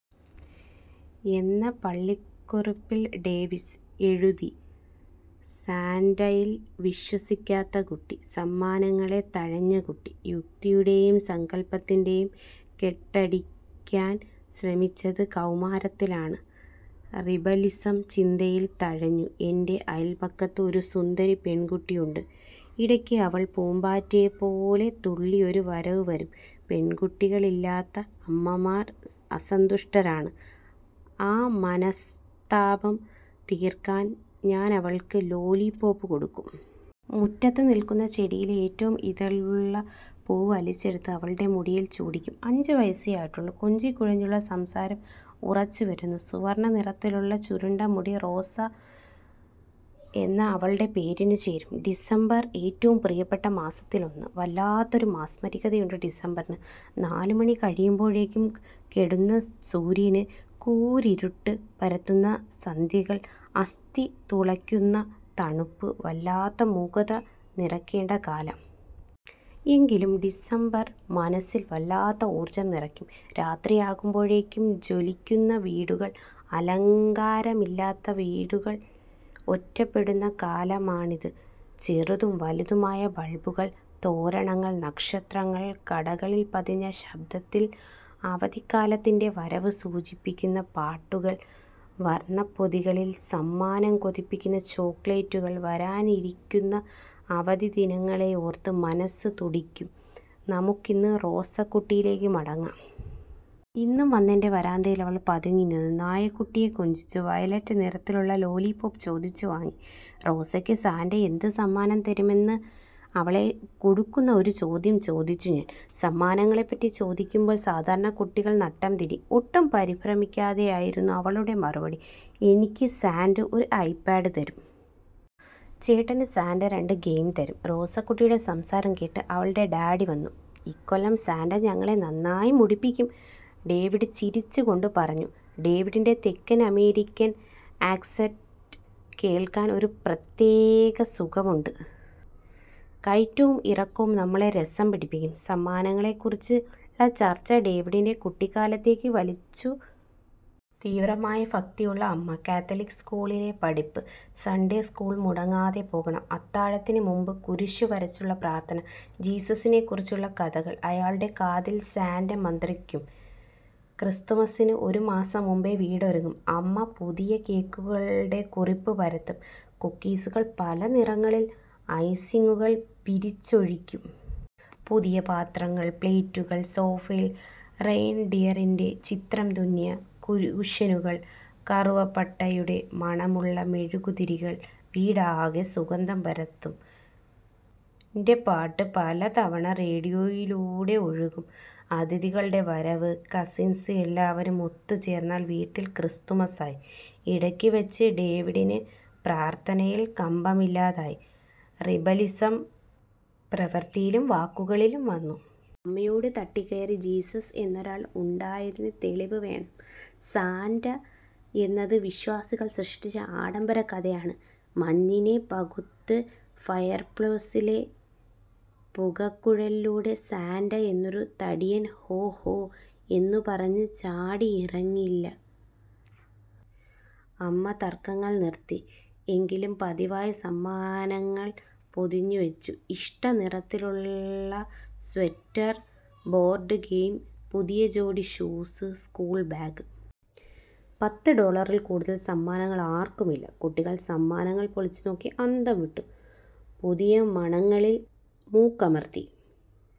എന്ന പള്ളിക്കുറിപ്പിൽ ഡേവിഡ്, എന്നെഴുതി. സാന്റയിൽ വിശ്വസിക്കാത്ത കുട്ടി. സമ്മാനങ്ങളെ തഴഞ്ഞ കുട്ടി. യുക്തിയുടേയും സങ്കൽപ്പത്തിൻ്റെയും കെട്ടഴിക്കാൻ ശ്രമിച്ചത് കൗമാരത്തിലാണ്. റിബലിസം ചിന്തയിൽ തഴച്ചു. എൻ്റെ അയൽപക്കത്ത് ഒരു സുന്ദരി പെൺകുട്ടിയുണ്ട്. ഇടയ്ക്ക് അവൾ പൂമ്പാറ്റയെപ്പോലെ തുള്ളിയൊരു വരവു വരും. പെൺകുട്ടികളില്ലാത്ത അമ്മമാർ അസന്തുഷ്ടരാണ്. ആ മനസ്താപം തീർക്കാൻ ഞാനവൾക്ക് ലോലിപോപ്പ് കൊടുക്കും. മുറ്റത്ത് നിൽക്കുന്ന ചെടിയിലെ ഏറ്റവും ഇതളുള്ള പൂവ് വലിച്ചെടുത്ത് അവളുടെ മുടിയിൽ ചൂടിക്കും. അഞ്ചു വയസ്സേ ആയിട്ടുള്ളൂ. കൊഞ്ചിക്കുഴഞ്ഞുള്ള സംസാരം ഉറച്ചുവരുന്നു. സുവർണ നിറത്തിലുള്ള ചുരുണ്ട മുടി റോസ എന്ന അവളുടെ പേരിനു ചേരും. ഡിസംബർ ഏറ്റവും പ്രിയപ്പെട്ട മാസങ്ങളിലൊന്ന്. വല്ലാത്തൊരു മാസ്മരികതയുണ്ട് ഡിസംബറിന്. നാലുമണി കഴിയുമ്പോഴേക്കും കെടുന്ന സൂര്യൻ, കൂരിരുട്ട് പരത്തുന്ന സന്ധ്യകൾ, അസ്ഥി തുളക്കുന്ന തണുപ്പ്, വല്ലാത്ത മൂകത നിറക്കേണ്ട കാലം. എങ്കിലും ഡിസംബർ മനസ്സിൽ വല്ലാത്ത ഊർജം നിറക്കുന്നു. രാത്രിയാകുമ്പോഴേക്കും ജ്വലിക്കുന്ന വീടുകൾ. അലങ്കാരമില്ലാത്ത വീടുകൾ ഒറ്റപ്പെടുന്ന കാലമാണിത്. ചെറുതും വലുതുമായ ബൾബുകൾ, തോരണങ്ങൾ, നക്ഷത്രങ്ങൾ, കടകളിൽ പതിഞ്ഞ ശബ്ദത്തിൽ അവധിക്കാലത്തിൻ്റെ വരവ് സൂചിപ്പിക്കുന്ന പാട്ടുകൾ, വർണപ്പൊതികളിൽ സമ്മാനം, കൊതിപ്പിക്കുന്ന ചോക്ലേറ്റുകൾ. വരാനിരിക്കുന്ന അവധിദിനങ്ങളെയോർത്ത് മനസ്സ് തുടിക്കും. നമുക്കിന്ന് റോസക്കുട്ടിയിലേക്ക് മടങ്ങണം. ഇന്നും വന്നെൻ്റെ വരാന്തയിൽ അവൾ പതുങ്ങിനിന്നു. നായക്കുട്ടിയെ കൊഞ്ചിച്ചു. വയലറ്റ് നിറത്തിലുള്ള ലോലിപോപ്പ് ചോദിച്ചു വാങ്ങി. റോസക്ക് സാന്റ എന്ത് സമ്മാനം തരും എന്ന് അവളെ കുടുക്കുന്ന ഒരു ചോദ്യം ചോദിച്ചു ഞാൻ. സമ്മാനങ്ങളെപ്പറ്റി ചോദിക്കുമ്പോൾ സാധാരണ കുട്ടികൾ നട്ടംതിരിയും. ഒട്ടും പരിഭ്രമിക്കാതെയായിരുന്നു അവളുടെ മറുപടി. എനിക്ക് സാന്റ ഒരു ഐപാഡ് തരും. ചേട്ടന് സാന്റ രണ്ട് ഗെയിം തരും. റോസക്കുട്ടിയുടെ സംസാരം കേട്ട് അവളുടെ ഡാഡി വന്നു. ഇക്കൊല്ലം സാന്റ ഞങ്ങളെ നന്നായി മുടിപ്പിക്കും. ഡേവിഡ് ചിരിച്ചു പറഞ്ഞു. ഡേവിഡിൻ്റെ തെക്കൻ അമേരിക്കൻ ആക്സന്റ് കേൾക്കാൻ ഒരു പ്രത്യേക സുഖമുണ്ട്. കയറ്റവും ഇറക്കവും നമ്മളെ രസം പിടിപ്പിക്കും. സമ്മാനങ്ങളെക്കുറിച്ചുള്ള ചർച്ച ഡേവിഡിനെ കുട്ടിക്കാലത്തേക്ക് വലിച്ചു. തീവ്രമായ ഭക്തിയുള്ള അമ്മ. കാത്തലിക് സ്കൂളിലെ പഠിപ്പ്. സൺഡേ സ്കൂളിൽ മുടങ്ങാതെ പോകണം. അത്താഴത്തിനുമുമ്പ് കുരിശു വരച്ചുള്ള പ്രാർഥന. ജീസസിനെക്കുറിച്ചുള്ള കഥകൾ. അയാളുടെ കാതിൽ സാന്റ മന്ത്രിക്കും. ക്രിസ്തുമസ്സിന് ഒരുമാസം മുമ്പേ വീടൊരുങ്ങും. അമ്മ പുതിയ കേക്കുകളുടെ കുറിപ്പ് പരത്തും. കുക്കീസുകളിൽ പല നിറങ്ങളിൽ ഐസിങ്ങുകൾ പിരിച്ചൊഴിക്കും. പുതിയ പാത്രങ്ങൾ, പ്ലേറ്റുകൾ, സോഫയിൽ റെയിൻഡിയറിൻ്റെ ചിത്രം തുന്നിയ കുഷ്യനുകൾ. കറുവപ്പട്ടയുടെ മണമുള്ള മെഴുകുതിരികൾ വീടാകെ സുഗന്ധം പരത്തും. ൻ്റെ പാട്ട് പലതവണ റേഡിയോയിലൂടെ ഒഴുകും. അതിഥികളുടെ വരവ്. കസിൻസ് എല്ലാവരും ഒത്തുചേർന്നാൽ വീട്ടിൽ ക്രിസ്തുമസ്സായി. ഇടയ്ക്ക് വച്ച് ഡേവിഡിന് പ്രാർഥനയിൽ കമ്പമില്ലാതായി. റിബലിസം പ്രവൃത്തിയിലും വാക്കുകളിലും വന്നു. അമ്മയോട് തട്ടിക്കയറി. ജീസസ് എന്നൊരാൾ ഉണ്ടായതിന് തെളിവ് വേണം. സാന്റ എന്നത് വിശ്വാസികൾ സൃഷ്ടിച്ച അസംബന്ധ കഥയാണ്. മഞ്ഞിനെ പകുത്ത് ഫയർപ്ലേസിലെ പുകക്കുഴലിലൂടെ സാന്റ എന്നൊരു തടിയൻ ഹോ ഹോ എന്നും പറഞ്ഞ് ചാടിയിറങ്ങില്ല. അമ്മ തർക്കങ്ങൾ നിർത്തി. എങ്കിലും പതിവായി സമ്മാനങ്ങൾ പൊതിഞ്ഞുവെച്ചു. ഇഷ്ടനിറത്തിലുള്ള സ്വെറ്റർ, ബോർഡ് ഗെയിം, പുതിയ ജോഡി ഷൂസ്, സ്കൂൾ ബാഗ്. പത്ത് ഡോളറിൽ കൂടുതലുള്ള സമ്മാനങ്ങൾ ആർക്കുമില്ല. കുട്ടികൾ സമ്മാനങ്ങൾ പൊളിച്ചുനോക്കി അന്തംവിട്ടു. പുതിയ മണങ്ങളിൽ മൂക്കമർത്തി.